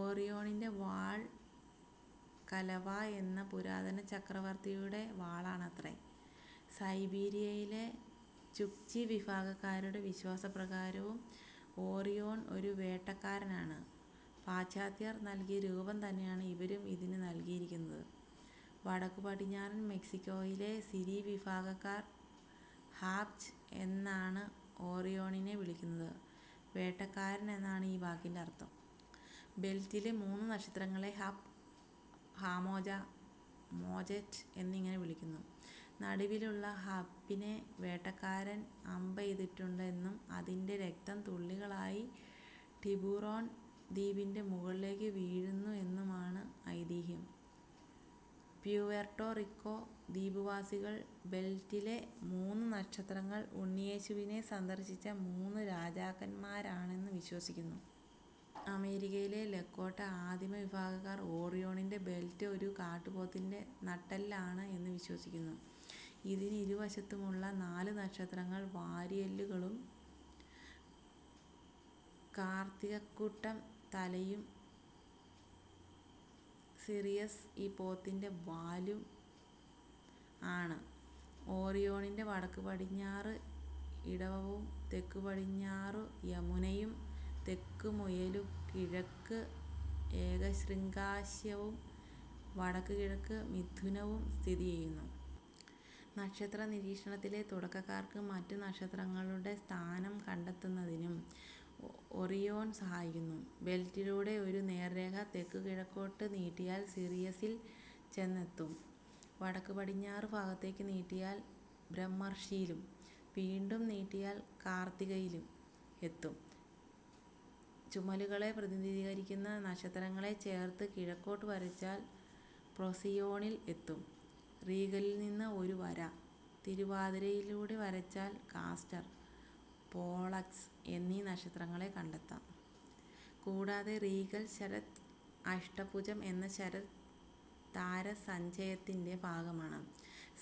ഓറിയോണിന്റെ വാൾ കലവാ എന്ന പുരാതന ചക്രവർത്തിയുടെ വാളാണത്രെ. സൈബീരിയയിലെ ചുക്ചി വിഭാഗക്കാരുടെ വിശ്വാസപ്രകാരവും ഓറിയോൺ ഒരു വേട്ടക്കാരനാണ്. പാശ്ചാത്യർ നൽകിയ രൂപം തന്നെയാണ് ഇവരും ഇതിന് നൽകിയിരിക്കുന്നത്. വടക്കു പടിഞ്ഞാറൻ മെക്സിക്കോയിലെ സിരി വിഭാഗക്കാർ ഹാപ്ജ് എന്നാണ് ഓറിയോണിനെ വിളിക്കുന്നത്. വേട്ടക്കാരൻ എന്നാണ് ഈ വാക്കിന്റെ അർത്ഥം. ബെൽറ്റിലെ മൂന്നു നക്ഷത്രങ്ങളെ ഹപ്, ഹാമോജ, മോജെറ്റ് എന്നിങ്ങനെ വിളിക്കുന്നു. നടുവിലുള്ള ഹപിനെ വേട്ടക്കാരൻ അമ്പെയ്തിട്ടുണ്ട് എന്നും അതിന്റെ രക്തം തുള്ളികളായി ടിബുറോൺ ദ്വീപിന്റെ മുകളിലേക്കു വീഴുന്നു എന്നുമാണ് ഐതിഹ്യം. പ്യൂവെർട്ടോ റിക്കോ ദ്വീപുവാസികൾ ബെൽറ്റിലെ മൂന്നു നക്ഷത്രങ്ങൾ ഉണ്ണിയേശുവിനെ സന്ദർശിച്ച മൂന്നു രാജാക്കന്മാരാണെന്നു വിശ്വസിക്കുന്നു. അമേരിക്കയിലെ ലക്കോട്ട ആദിമ വിഭാഗക്കാർ ഓറിയോണിന്റെ ബെൽറ്റ് ഒരു കാട്ടുപോത്തിന്റെ നട്ടെല്ലാണ് എന്നു വിശ്വസിക്കുന്നു. ഇതിനു് ഇരുവശത്തുമുള്ള നാലു നക്ഷത്രങ്ങൾ വാരിയെല്ലുകളും കാർത്തികക്കൂട്ടം തലയും സിറിയസ് ഈ പോത്തിന്റെ വാലും ആണ്. ഓറിയോണിന്റെ വടക്കുപടിഞ്ഞാറു ഇടവവും തെക്കുപടിഞ്ഞാറു യമുനയും തെക്ക് മുയലും കിഴക്ക് ഏകശൃംഗാശ്വവും വടക്കുകിഴക്ക് മിഥുനവും സ്ഥിതി ചെയ്യുന്നു. നക്ഷത്ര നിരീക്ഷണത്തിലെ തുടക്കക്കാർക്ക് മറ്റു നക്ഷത്രങ്ങളുടെ സ്ഥാനം കണ്ടെത്തുന്നതിനും ഒറിയോൺ സഹായിക്കുന്നു. ബെൽറ്റിലൂടെ ഒരു നേർരേഖ തെക്കുകിഴക്കോട്ട് നീട്ടിയാൽ സിറിയസിൽ ചെന്നെത്തും. വടക്കുപടിഞ്ഞാറു ഭാഗത്തേക്കു നീട്ടിയാൽ ബ്രഹ്മർഷിയിലും, വീണ്ടും നീട്ടിയാൽ കാർത്തികയിലും എത്തും. ചുമലുകളെ പ്രതിനിധീകരിക്കുന്ന നക്ഷത്രങ്ങളെ ചേർത്ത് കിഴക്കോട്ടു വരച്ചാൽ പ്രോസിയോണിൽ എത്തും. റീഗലിൽ നിന്ന് ഒരു വര തിരുവാതിരയിലൂടെ വരച്ചാൽ കാസ്റ്റർ, പോളക്സ് എന്നീ നക്ഷത്രങ്ങളെ കണ്ടെത്താം. കൂടാതെ റീഗൽ ശരത് അഷ്ടഭുജം എന്ന ശരത് താരസഞ്ചയത്തിന്റെ ഭാഗമാണ്.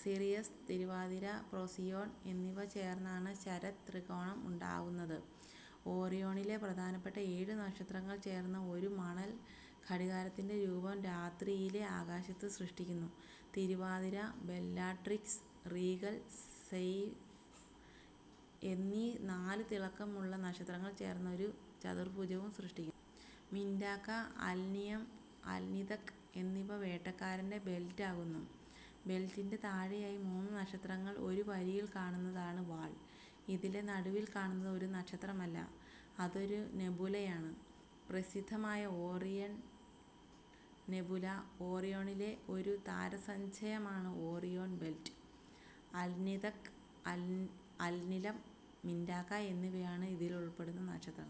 സിറിയസ്, തിരുവാതിര, പ്രോസിയോൺ എന്നിവ ചേർന്നാണ് ശരത് ത്രികോണം ഉണ്ടാവുന്നത്. ഓറിയോണിലെ പ്രധാനപ്പെട്ട ഏഴു നക്ഷത്രങ്ങൾ ചേർന്ന് ഒരു മണൽ ഘടികാരത്തിന്റെ രൂപം രാത്രിയിലെ ആകാശത്ത് സൃഷ്ടിക്കുന്നു. തിരുവാതിര, ബെല്ലാട്രിക്സ്, റീഗൽ, സെയ്ഫ് എന്നീ നാലു തിളക്കമുള്ള നക്ഷത്രങ്ങൾ ചേർന്ന് ഒരു ചതുർഭുജവും സൃഷ്ടിക്കുന്നു. മിന്റാക്ക, അൽനിലം, അൽനിതക് എന്നിവ വേട്ടക്കാരന്റെ ബെൽറ്റ് ആകുന്നു. ബെൽറ്റിന്റെ താഴെയായി മൂന്നു നക്ഷത്രങ്ങൾ ഒരു വരിയിൽ കാണുന്നതാണ് വാൾ. ഇതിലെ നടുവിൽ കാണുന്നത് ഒരു നക്ഷത്രമല്ല. അതൊരു നെബുലയാണ്. പ്രസിദ്ധമായ ഓറിയൺ നെബുല. ഓറിയോണിലെ ഒരു താരസഞ്ചയമാണ് Orion belt. Alnitak, Alnilam, Mintaka എന്നിവയാണ് ഇതിലുൾപ്പെടുന്ന നക്ഷത്രങ്ങൾ.